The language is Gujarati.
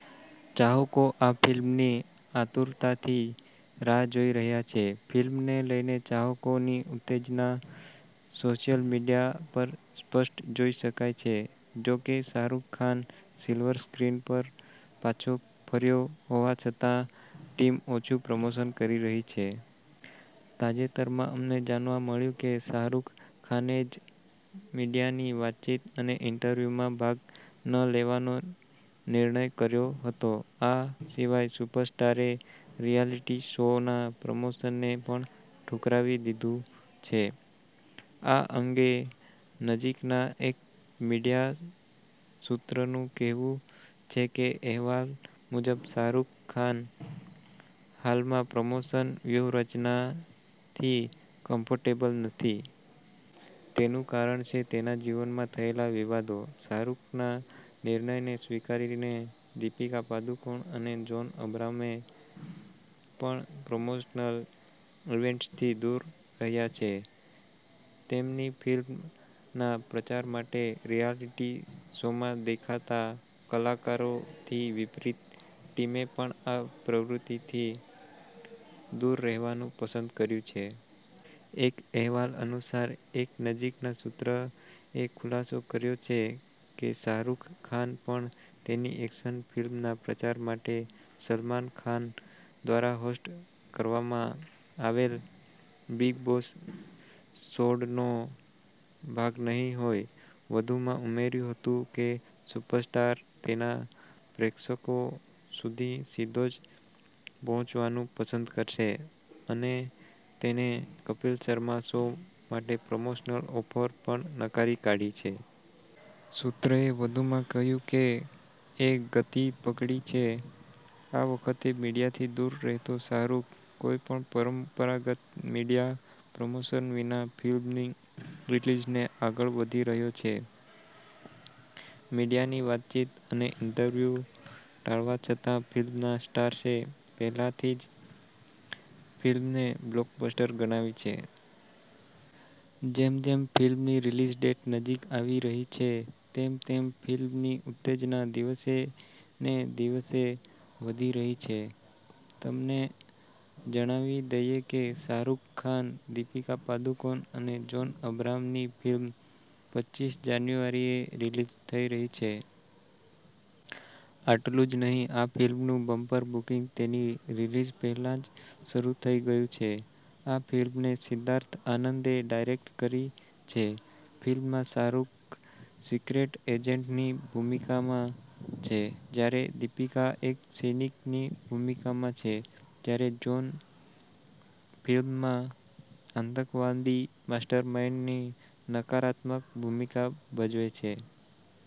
ચાહકો આ ફિલ્મની આતુરતાથી રાહ જોઈ રહ્યા છે. ફિલ્મને લઈને ચાહકોની ઉત્તેજના સોશિયલ મીડિયા પર સ્પષ્ટ જોઈ શકાય છે. જો કે, શાહરૂખ ખાન સિલ્વર સ્ક્રીન પર પાછો ફર્યો હોવા છતાં, ટીમ ઓછુ પ્રમોશન કરી રહી છે. તાજેતરમાં અમને જાણવા મળ્યું કે શાહરૂખ ખાને જ મીડિયાની વાતચીત અને ઇન્ટરવ્યુમાં ભાગ ન લેવાનો નિર્ણય કર્યો હતો. આ સિવાય સુપરસ્ટારે રિયાલિટી શોના પ્રમોશનને પણ ઠુકરાવી દીધું છે. આ અંગે નજીકના એક મીડિયા સૂત્રનું કહેવું છે કે અહેવાલ મુજબ, શાહરૂખ ખાન હાલમાં પ્રમોશન વ્યૂહરચનાથી કમ્ફર્ટેબલ નથી. તેનું કારણ છે તેના જીવનમાં થયેલા વિવાદો. શાહરૂખના નિર્ણયને સ્વીકારીને દીપિકા પાદુકોણ અને જોન અબ્રાહમે પણ પ્રમોશનલ ઈવેન્ટ્સથી દૂર રહ્યા છે. તેમની ફિલ્મના પ્રચાર માટે રિયાલિટી શોમાં દેખાતા કલાકારોથી વિપરીત, ટીમે પણ આ પ્રવૃત્તિથી દૂર રહેવાનું પસંદ કર્યું છે. એક અહેવાલ અનુસાર, એક નજીકના સૂત્રએ ખુલાસો કર્યો છે કે શાહરૂખ ખાન પણ તેની એક્શન ફિલ્મના પ્રચાર માટે સલમાન ખાન દ્વારા હોસ્ટ કરવામાં આવેલ બિગ બોસ સોડનો ભાગ નહીં હોય. વધુમાં ઉમેર્યું હતું કે સુપરસ્ટાર તેના પ્રેક્ષકો સુધી સીધો જ પહોંચવાનું પસંદ કરશે અને તેણે કપિલ શર્મા શો માટે પ્રમોશનલ ઑફરો પણ નકારી કાઢી છે. સૂત્રએ વધુમાં કહ્યું કે એ ગતિ પકડી છે આ વખતે મીડિયાથી દૂર રહેતો શાહરૂખ. કોઈપણ પરંપરાગત મીડિયા પ્રમોશન વિના ફિલ્મની રિલીઝને આગળ વધી રહ્યો છે. મીડિયાની વાતચીત અને ઇન્ટરવ્યુ ટાળવા છતાં ફિલ્મના સ્ટાર્સે પહેલાથી જ ફિલ્મને બ્લોકબસ્ટર ગણાવી છે. જેમ જેમ ફિલ્મની રિલીઝ ડેટ નજીક આવી રહી છે તેમ તેમ ફિલ્મની ઉત્તેજના દિવસેને દિવસે વધી રહી છે. તમને જણાવી દઈએ કે, શાહરૂખ ખાન, દીપિકા પાદુકોણ અને જોન અબ્રાહમની ફિલ્મ પચીસ જાન્યુઆરીએ રિલીઝ થઈ રહી છે. આટલું જ નહીં આ ફિલ્મનું બમ્પર બુકિંગ તેની રિલીઝ પહેલા જ શરૂ થઈ ગયું છે. આ ફિલ્મને સિદ્ધાર્થ આનંદે ડાયરેક્ટ કરી છે. ફિલ્મમાં શાહરૂખ સિક્રેટ એજન્ટની ભૂમિકામાં છે, જ્યારે દીપિકા એક સૈનિકની ભૂમિકામાં છે ,જ્યારે જ્હોન ફિલ્મમાં આતંકવાદી માસ્ટરમાઇન્ડની નકારાત્મક ભૂમિકા ભજવે છે.